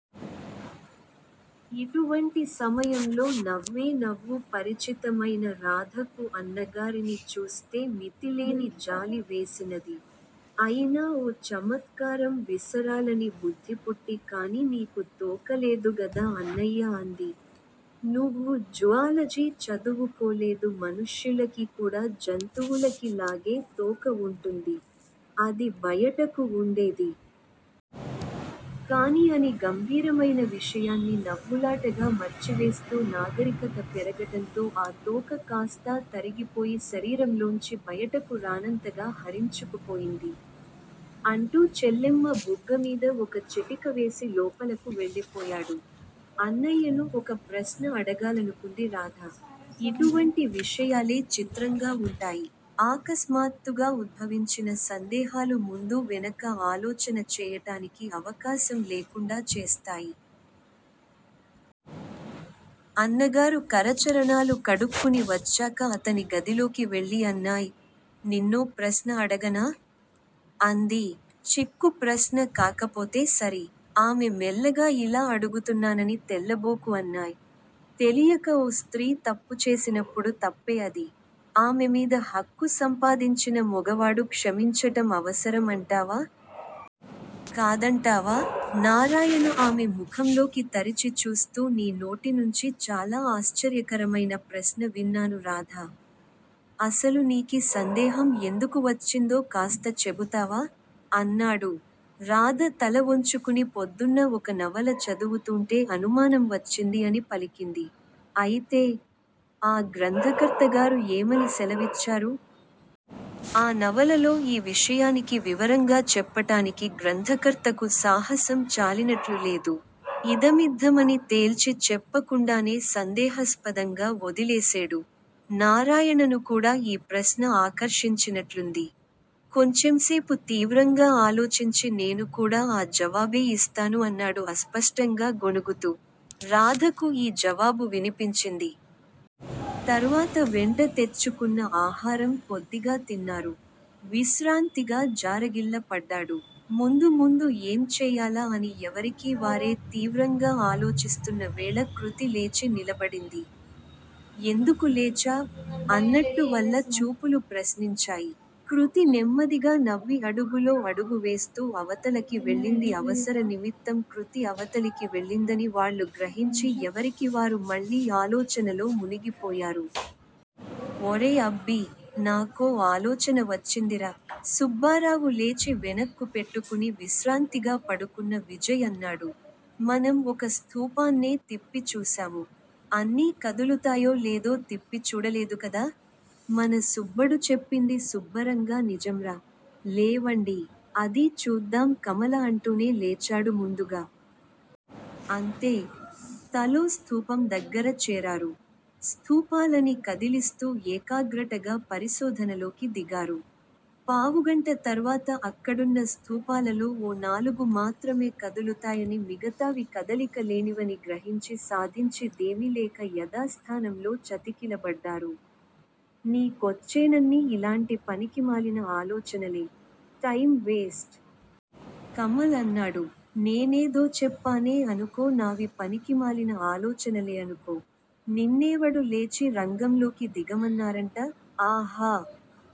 ఇటువంటి సమయంలో నవ్వే నవ్వు పరిచితమైన రాధకు అన్నగారిని చూస్తే మితిలేని జాలి వేసినది. అయినా ఓ చమత్కారం విసరాలని బుద్ధిపుట్టి కాని నీకు తోకలేదుగదా అన్నయ్యా అంది. నువ్వు జుఆలజీ చదువుకోలేదు మనుష్యులకి కూడా జంతువులకి లాగే తోక వుంటుంది. అది బయటకు వుండేది. కాని అని గంభీరమైన విషయాన్ని నవ్వులాటగా మర్చివేస్తూ నాగరికత పెరగటంతో ఆ తోక కాస్తా తరిగిపోయి శరీరంలోంచి బయటకు రానంతగా హరించుకుపోయింది. అంటూ చెల్లెమ్మ బుగ్గమీద ఒక చిటికవేసి లోపలకు వెళ్ళిపోయాడు. అన్నయ్యను ఒక ప్రశ్న అడగాలనుకుంది రాధ. ఇటువంటి విషయాలే చిత్రంగా వుంటాయి. ఆకస్మాత్తుగా ఉద్భవించిన సందేహాలు ముందూ వెనకా ఆలోచన చేయటానికి అవకాశం లేకుండా చేస్తాయి. అన్నగారు కరచరణాలు కడుక్కుని వచ్చాక అతని గదిలోకి వెళ్ళి అన్నాయ్, నిన్నో ప్రశ్న అడగనా? అంది. చిక్కు ప్రశ్న కాకపోతే సరి! ఆమె మెల్లగా యిలా అడుగుతున్నానని తెల్లబోకు అన్నాయ్. తెలియక ఓ స్త్రీ తప్పుచేసినప్పుడు-- తప్పే అది. ఆమెమీద హక్కు సంపాదించిన మొగవాడు క్షమించటం అవసరం అంటావా? కాదంటావా? నారాయణ ఆమె ముఖంలోకి తరిచి చూస్తూ నీ నోటి నుంచి చాలా ఆశ్చర్యకరమైన ప్రశ్న విన్నాను రాధా! అసలు నీకి సందేహం ఎందుకు వచ్చిందో కాస్త చెబుతావా? అన్నాడు. రాధ తలవొంచుకుని పొద్దున్న ఒక నవల చదువుతూంటే అనుమానం వచ్చింది అని పలికింది. అయితే, ఆ గ్రంథకర్తగారు యేమని సెలవిచ్చారు? ఆ నవలలో ఈ విషయానికి వివరంగా చెప్పటానికి గ్రంథకర్తకు సాహసం చాలినట్లు లేదు. ఇదమిద్ధమని తేల్చి చెప్పకుండానే సందేహస్పదంగా వొదిలేసేడు. నారాయణను కూడా ఈ ప్రశ్న ఆకర్షించినట్లుంది; కొంచెంసేపు తీవ్రంగా ఆలోచించి నేను కూడా ఆ జవాబే యిస్తాను అన్నాడు అస్పష్టంగా గొణుగుతూ. రాధకు ఈ జవాబు వినిపించింది. తర్వాత వెంట తెచ్చుకున్న ఆహారం కొద్దిగా తిన్నారు. విశ్రాంతిగా జారగిల్ల పడ్డాడు. ముందు ముందు ఏం చేయాలా అని ఎవరికీ వారే తీవ్రంగా ఆలోచిస్తున్న వేళ కృతి లేచి నిలబడింది. ఎందుకు లేచావ్? అన్నట్టు వల్ల చూపులు ప్రశ్నించాయి. కృతి నెమ్మదిగా నవ్వి అడుగులో అడుగు వేస్తూ అవతలకి వెళ్ళింది అవసర నిమిత్తం కృతి అవతలికి వెళ్ళిందని వాళ్ళు గ్రహించి ఎవరికి వారు మళ్ళీ ఆలోచనలో మునిగిపోయారు. ఒరే అబ్బీ! నాకో ఆలోచన వచ్చిందిరా! సుబ్బారావు లేచి వెనక్కు పెట్టుకుని విశ్రాంతిగా పడుకున్న విజయ్ అన్నాడు. మనం ఒక స్థూపాన్నే తిప్పి చూశాము. అన్నీ కదులుతాయో లేదో తిప్పి చూడలేదుకదా? మన సుబ్బడు చెప్పింది సుబ్బరంగా నిజంరా. లేవండి. అదీ చూద్దాం కమల అంటూనే లేచాడు ముందుగా. అంతే, తలో స్థూపం దగ్గర చేరారు. స్థూపాలని కదిలిస్తూ ఏకాగ్రటగా పరిశోధనలోకి దిగారు. పావుగంట తర్వాత అక్కడున్న స్థూపాలలో ఓ నాలుగు మాత్రమె కదులుతాయని మిగతావి కదలిక లేనివని గ్రహించి సాధించి దేమి లేక యదాస్థానంలో చతికిలబడ్డారు. నీ కొచ్చేనన్నీ ఇలాంటి పనికిమాలిన ఆలోచనలే. Time waste. కమల్ అన్నాడు. నేనేదోచెప్పానే అనుకో నావి పనికిమాలిన ఆలోచనలేఅనుకో. నిన్నేవడు లేచి రంగంలోకి దిగమన్నారంట? ఆహా